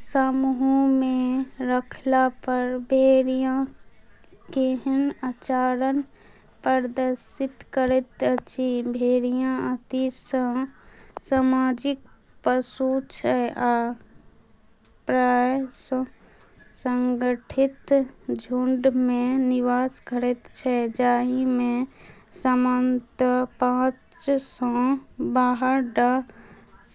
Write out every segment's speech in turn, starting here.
समूहमे रहलापर भेड़िया केहन आचरण प्रदर्शित करैत अछि? भेड़िया अतिशय सामाजिक पशु छै आ प्रायः सुसंगठित झुंडमे निवास करैत छै, जाहिमे सामान्यतः पाँचसँ बारह टा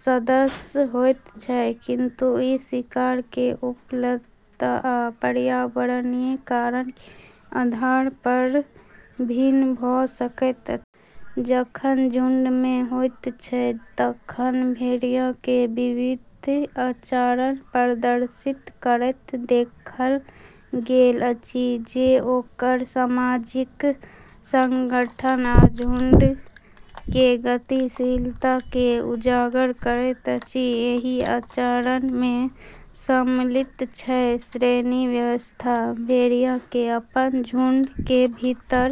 सदस्य होइत छै, किंतु ई शिकार के उपलब्धता आ पर्यावरणीय कारक के आधार पर भिन्न भऽ सकैत अछि। जखन झुंडमे होइत छै तखन भेड़िया के विविध आचरण प्रदर्शित करैत देखल गेल अछि जे ओकर सामाजिक संगठन आ झुंड के गतिशीलताकेँ उजागर करैत अछि। एहि आचरण में सम्मिलित छै: श्रेणी व्यवस्था:- भेड़िया के अपन झुंड के भीतर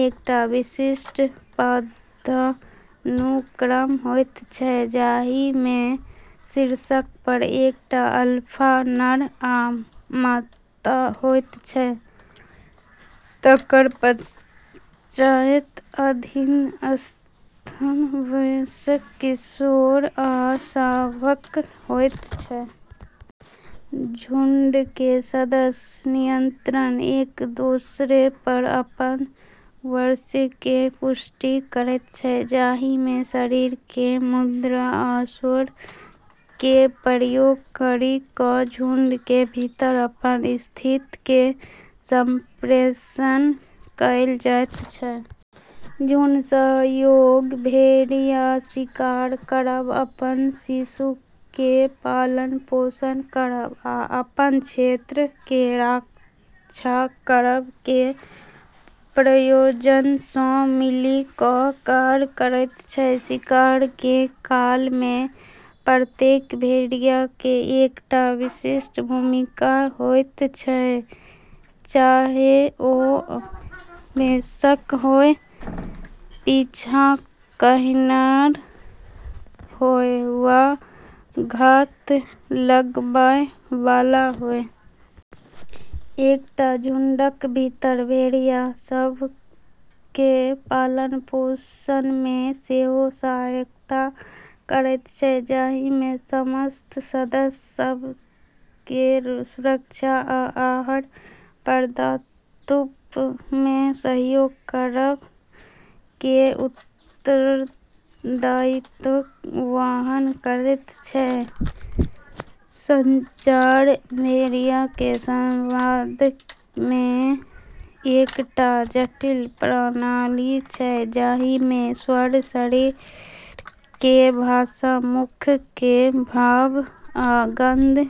एकटा विशिष्ट पदानुक्रम होइत छै, जहि में शीर्ष पर एकटा अल्फा नर आ मादा होइत छै, तकर पश्चात अधीनस्थ वयस्क, किशोर, आ शावक होइत छै। झुंड के सदस्य निरंतर एक-दुसरे पर अपन वर्चस्व के पुष्टि करैत छै, जहि में शरीर के मुद्रा आ स्वर के प्रयोग करि कऽ झुंड के भीतर अपन स्थिति के संप्रेषण कएल जाइत छै। झुंड सहयोग: भेड़िया शिकार करब, अपन शिशु के पालन-पोषण करब, आ अपन क्षेत्र के रक्षा करब के प्रयोजन सँ मिलि कऽ कार्य करैत छै। शिकार के काल में प्रत्येक भेड़िया के एकटा विशिष्ट भूमिका होइत छैक, चाहे ओ अन्वेषक होय, पीछा कयनिहार होय, वा घात लगबयवला होय। एकटा झुंडक भीतर भेड़िया शावकके पालन-पोषणमे सेहो सहायता करैत छै, जाहिमे समस्त सदस्य शावकके सुरक्षा आ आहार प्रदातुत्वमे सहयोग करब के उत्तरदायित्व वहन करैत छै। संचार: भेड़िया के संवाद के एकटा जटिल प्रणाली छै जहि में स्वर, शरीर के भाषा, मुख के भाव, आ गंध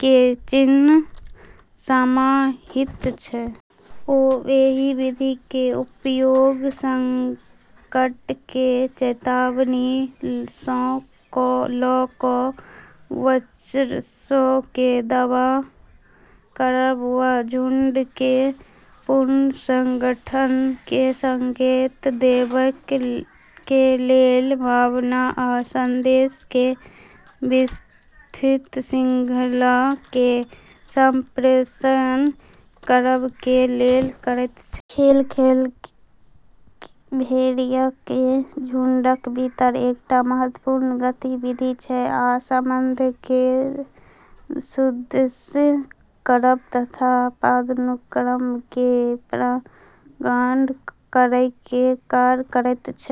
के चिह्न समाहित छै। ओ एहि विधि के उपयोग संकट के चेतावनी सँ लऽ कऽ वर्चस्व के दावा करब वा झुंड के पुनर्संगठन के संकेत देबय के लेल, भावना आ संदेश के विस्तृत शृंखला के संप्रेषण करब के लेल करैत छै। खेल: खेल भेड़ियाके झुंडक भीतर एकटा महत्त्वपूर्ण गतिविधि छै आ संबंधकेँ सुदृढ़ करब तथा पदानुक्रमके प्रगाढ़ करयके कार्य करैत छै।